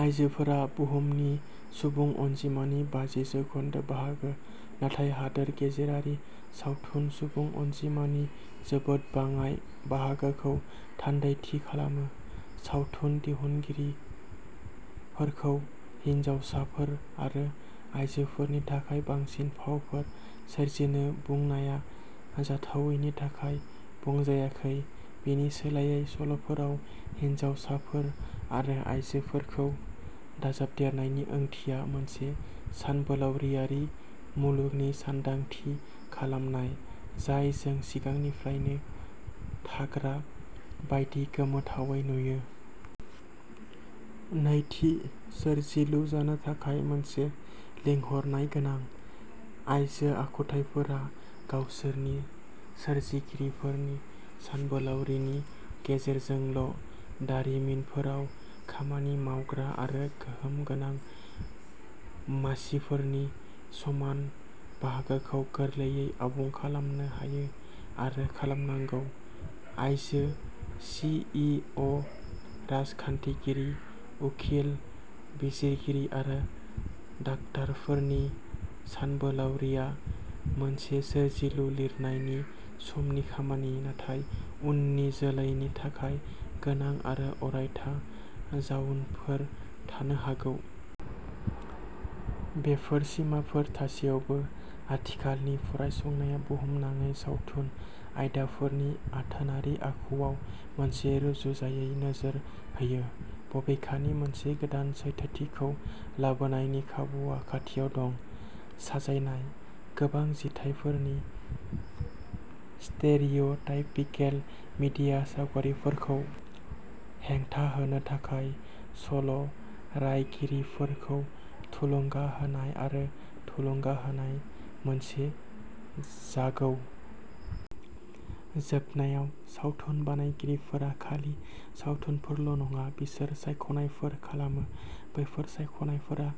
आयजोफोरा बुहुमनि सुबुं अनजिमानि बाजि जौखोन्दो बाहागो, नाथाय हादोर गेजेरारि सावथुन सुबुं अनजिमानि जोबोद बाङाइ बाहागोखौ थान्दैथि खालामो। सावथुन दिहुनगिरिफोरखौ हिनजावसाफोर आरो आइजोफोरनि थाखाय बांसिन फावफोर सोरजिनो बुंनाया जाथावैनि थाखाय बुंजायाखै। बेनि सोलायै, सल'फोराव हिनजावसाफोर आरो आइजोफोरखौ दाजाबदेरनायनि ओंथिया मोनसे सानबोलावरियारि मुलुगनि सानदांथि खालामनाय, जाय जों सिगांनिफ्रायनो थाग्रा बायदि गोमोथावै नुयो। नैथि, सोरजिलु जानो थाखाय मोनसे लिंहरनाय गोनां। आइजो आखुथाइफोरा गावसोरनि सोरजिगिरिफोरनि सानबोलावरिनि गेजेरजोंल' दारिमिनफोराव खामानि मावग्रा आरो गोहोम गोनां मासिफोरनि समान बाहागोखौ गोरलैयै आबुं खालामनो हायो आरो खालामनांगौ। आइजो सि इ अ राजखान्थिगिरि, उखिल, बिजिरगिरि आरो डाक्टारफोरनि सानबोलावरिआ मोनसे सोरजिलु-लिरनायनि समनि खामानि, नाथाय उननि जोलैनि थाखाय गोनां आरो अरायथा जाउनफोर थानो हागौ। बेफोर सिमाफोर थासेयावबो, आथिखालनि फरायसंनाया बुहुमनाङै सावथुन आयदाफोरनि आथोनारि आखुआव मोनसे रुजुजायै नोजोर होयो। बबेखानि, मोनसे गोदान सैथोथिखौ लाबोनायनि खाबुआ खाथियाव दं। साजायनाय। गोबां जिथाइफोरनि स्टेरिअ'टाइपिकेल मिडिया सावगारिफोरखौ हेंथा होनो थाखाय सल'रायगिरिफोरखौ थुलुंगा होनाय आरो थुलुंगा होनाय मोनसे जागौ। जोबनायाव, सावथुन बानायगिरिफोरा खालि सावथुनफोरल' नङा, बिसोर सायख'नायफोर खालामो। बैफोर सायख'नायफोरा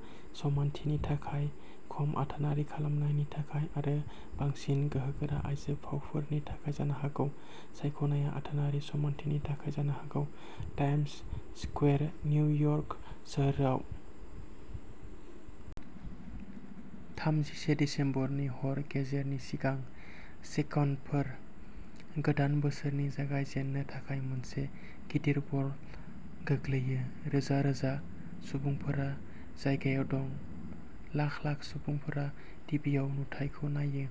समानथिनि थाखाय, खम आथोनारि खालामनायनि थाखाय, आरो बांसिन गोहोगोरा आइजो फावफोरनि थाखाय जानो हागौ। सायख'नायआ आथोनारि समानथिनि थाखाय जानो हागौ। टाइम्स स्कुवेर निउयर्क सोहोराव। थामजिसे दिसेम्बरनि हर गेजेरनि सिगां सेकेन्डफोर। गोदान बोसोरनि जागायजेन्नो थाखाय मोनसे गिदिर बल गोग्लैयो। रोजा-रोजा सुबुंफोरा जायगायाव दं। लाख-लाख सुबुंफोरा टिभिआव नुथायखौ नायो।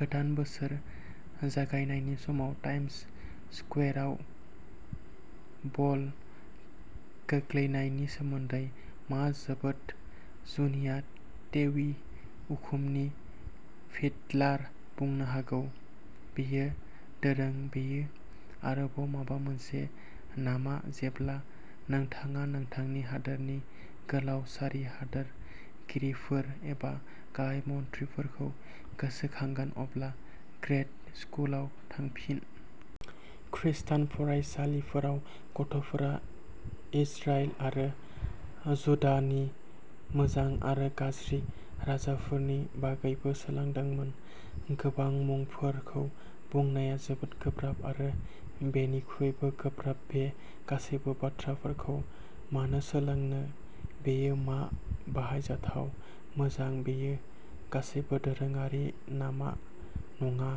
गोदान बोसोर जागायनायनि समाव टाइम्स स्कुवेराव बल गोग्लैनायनि सोमोन्दै मा जोबोद जुनिया टेवि, उखुमनि फिडलार बुंनो हागौ, बेयो दोरों बेयो आरोबाव माबा मोनसे नामा जेब्ला नोंथाङा नोंथांनि हादोरनि गोलाव सारि हादोरगिरिफोर एबा गाहाय मन्थ्रिफोरखौ गोसोखांगोन, अब्ला ग्रेड स्कुलाव थांफिन। खृस्टान फरायसालिफोराव गथ'फोरा इजराइल आरो जुडाहनि मोजां आरो गाज्रि राजाफोरनि बागैबो सोलोंदोंमोन। गोबां मुंफोरखौ बुंनाया जोबोद गोब्राब। आरो बेनिख्रुइबो गोब्राब बे गासैबो बाथ्राफोरखौ मानो सोलोंनो बेयो मा बाहायजाथाव मोजां बेयो गासैबो दोरोङारि नामा नङा,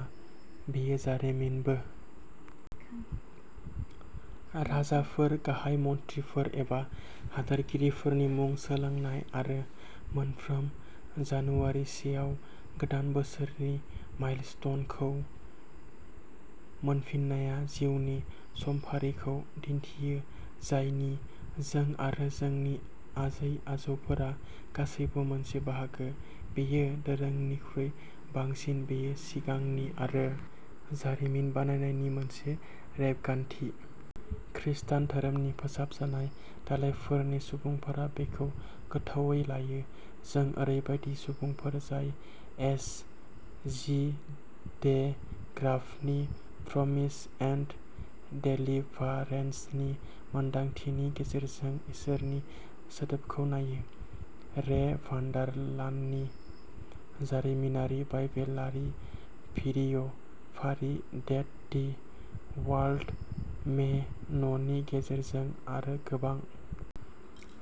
बेयो जारिमिनबो। राजाफोर, गाहाय मन्थ्रिफोर, एबा हादोरगिरिफोरनि मुं सोलोंनाय आरो मोनफ्रोम जानुवारि से आव गोदान बोसोरनि माइलस्टोनखौ मोनफिननाया जिउनि समफारिखौ दिन्थियो, जायनि जों-आरो जोंनि आजै-आजौफोरा गासैबो मोनसे बाहागो। बेयो दोरोंनिख्रुइ बांसिन। बेयो सिगांनि आरो जारिमिन बानायनायनि मोनसे रेबगान्थि। खृष्टान धोरोमनि फोसाबजानाय दालायफोरनि सुबुंफोरा बेखौ गोथौवै लायो। जों ओरैबायदि सुबुंफोर जाय एस जि डे ग्राफनि प्रमिस एन्ड डेलिभारेन्सनि मोनदांथिनि गेजेरजों इसोरनि सोदोबखौ नायो, रे भान्डार लाननि जारिमिनारि-बाइबेलारि भिडिय' फारि देट दि वर्ल्ड मे न'नि गेजेरजों, आरो गोबां।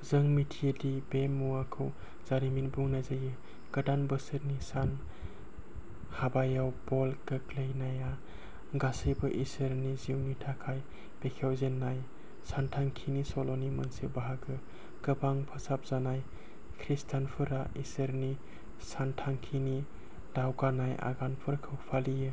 जों मिथियो दि बे मुवाखौ जारिमिन बुंनाय जायो। गोदान बोसोरनि सान हाबायाव बल गोग्लैनाया गासैबो इसोरनि जिउनि थाखाय बेखेवजेननाय सानथांखिनि सल'नि मोनसे बाहागो। गोबां फोसाबजानाय खृष्टानफोरा इसोरनि सानथांखिनि दावगानाय आगानफोरखौ फालियो।